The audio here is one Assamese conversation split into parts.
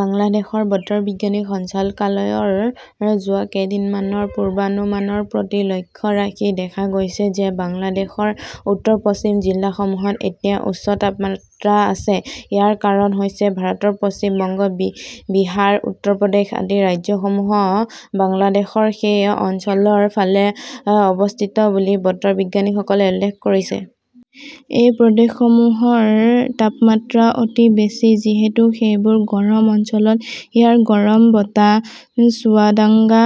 বাংলাদেশ বতৰ বিজ্ঞান সঞ্চালকালয়ৰ যোৱা কেইদিনমানৰ পূৰ্বানুমানৰ প্ৰতি লক্ষ্য ৰাখি দেখা গৈছে যে বাংলাদেশৰ উত্তৰ-পশ্চিমৰ জিলাসমূহত এতিয়া উচ্চ তাপমাত্ৰা আছে। ইয়াৰ কাৰণ হৈছে ভাৰতৰ পশ্চিম বংগ, বিহাৰ, উত্তৰ প্ৰদেশ আদি ৰাজ্যসমূহ বাংলাদেশৰ সেই অঞ্চলৰ ফালে অৱস্থিত বুলি বতৰ বিজ্ঞানীসকলে উল্লেখ কৰিছে। এই প্ৰদেশসমূহৰ তাপমাত্ৰা অতি বেছি। যিহেতু সেইবোৰ গৰম অঞ্চল, ইয়াৰ গৰম বতাহ চুৱাদাংগা,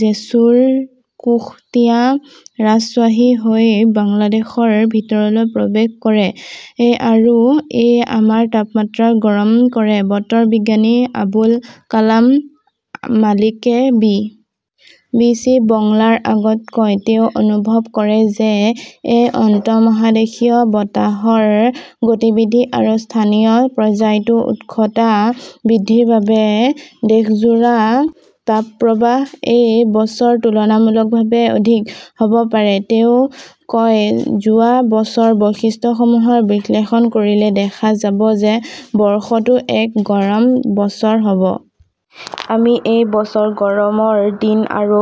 জেছুৰ, কুশটিয়া, ৰাজশ্বাহী হৈ বাংলাদেশৰ ভিতৰলৈ প্ৰৱেশ কৰে আৰু ই আমাৰ তাপমাত্ৰাক গৰম কৰে, বতৰ বিজ্ঞানী আবুল কালাম মালিকে বি. বি. চি. বাংলাৰ আগত কয়। তেওঁ অনুভৱ কৰে যে এই আন্তঃমহাদেশীয় বতাহৰ গতিবিধি আৰু স্থানীয় পৰ্যায়তো উষ্ণতা বৃদ্ধিৰ বাবে দেশজোৰা তাপপ্ৰবাহ এই বছৰ তুলনামূলকভাৱে অধিক হ'ব পাৰে। তেওঁ কয়, যোৱা বছৰৰ বৈশিষ্ট্যসমূহ বিশ্লেষণ কৰিলে দেখা যায় যে বৰ্ষটো এক গৰম বছৰ হ'ব। আমি এই বছৰ গৰমৰ দিন আৰু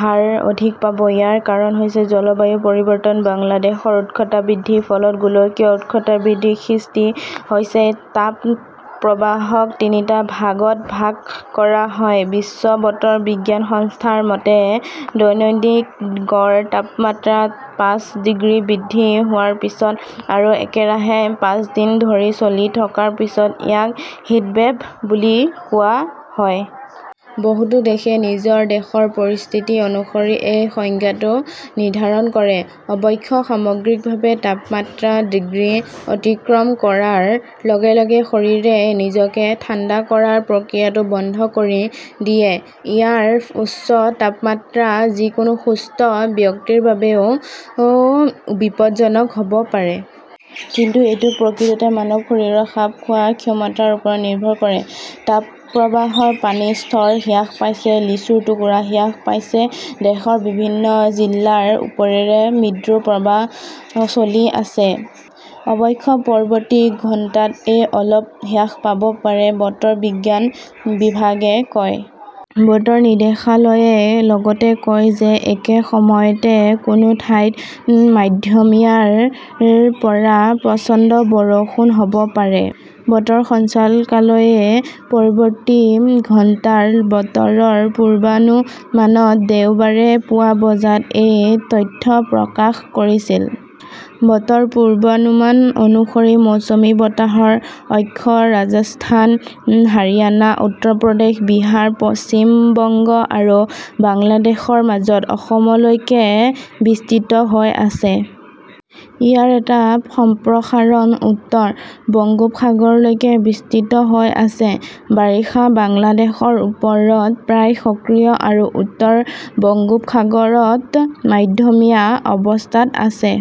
হাৰ অধিক পাব। ইয়াৰ কাৰণ হৈছে জলবায়ু পৰিৱৰ্তন। বাংলাদেশৰ উষ্ণতা বৃদ্ধিৰ ফলত গোলকীয় উষ্ণতা বৃদ্ধিৰ সৃষ্টি হৈছে। তাপ প্ৰবাহক তিনিটা ভাগত ভাগ কৰা হয়। বিশ্ব বতৰ বিজ্ঞান সংস্থাৰ মতে, দৈনিক গড় তাপমাত্ৰা পাঁচ ডিগ্ৰী বৃদ্ধি হোৱাৰ পিছত আৰু একেৰাহে পাঁচ দিন ধৰি চলি থকাৰ পিছত ইয়াক হিটৱেভ বুলি কোৱা হয়। বহুতো দেশে নিজৰ দেশৰ পৰিস্থিতি অনুসৰি এই সংজ্ঞাটো নিৰ্ধাৰণ কৰে। অৱশ্যে, সামগ্ৰিকভাৱে তাপমাত্ৰা ডিগ্ৰী অতিক্ৰম কৰাৰ লগে লগে শৰীৰে নিজকে ঠাণ্ডা কৰাৰ প্ৰক্ৰিয়াটো বন্ধ কৰি দিয়ে। ইয়াৰ উচ্চ তাপমাত্ৰা যিকোনো সুস্থ ব্যক্তিৰ বাবেও বিপদজনক হ'ব পাৰে। কিন্তু এইটো প্ৰকৃততে মানৱ শৰীৰৰ খাপ খোৱাৰ ক্ষমতাৰ ওপৰত নিৰ্ভৰ কৰে। তাপপ্ৰবাহঃ পানীৰ স্তৰ হ্ৰাস পাইছে, লিচুৰ টুকুৰা হ্ৰাস পাইছে দেশৰ বিভিন্ন জিলাৰ ওপৰেৰে মৃদু তাপপ্ৰবাহ চলি আছে। অৱশ্যে, পৰৱৰ্তী ঘণ্টাত ই অলপ হ্ৰাস পাব পাৰে, বতৰ বিজ্ঞান বিভাগে কয়। বতৰ নিৰ্দেশালয়ে লগতে কয় যে একে সময়তে কোনো ঠাইত মধ্যমীয়াৰ পৰা প্ৰচণ্ড বৰষুণ হ'ব পাৰে। বতৰ সঞ্চালকালয়ই পৰৱৰ্তী ঘণ্টাৰ বতৰৰ পূৰ্বানুমানত দেওবাৰে পুৱা বজাত এই তথ্য প্ৰকাশ কৰিছিল। বতৰৰ পূৰ্বানুমান অনুসৰি, মৌচুমী বতাহৰ অক্ষ ৰাজস্থান, হাৰিয়ানা, উত্তৰ প্ৰদেশ, বিহাৰ, পশ্চিম বংগ আৰু বাংলাদেশৰ মাজত অসমলৈকে বিস্তৃত হৈ আছে। ইয়াৰ এটা সম্প্ৰসাৰণ উত্তৰ বংগোপসাগৰলৈকে বিস্তৃত হৈ আছে। বাৰিষা বাংলাদেশৰ ওপৰত প্ৰায় সক্ৰিয় আৰু উত্তৰ বংগোপসাগৰত মধ্যমীয়া অৱস্থাত আছে।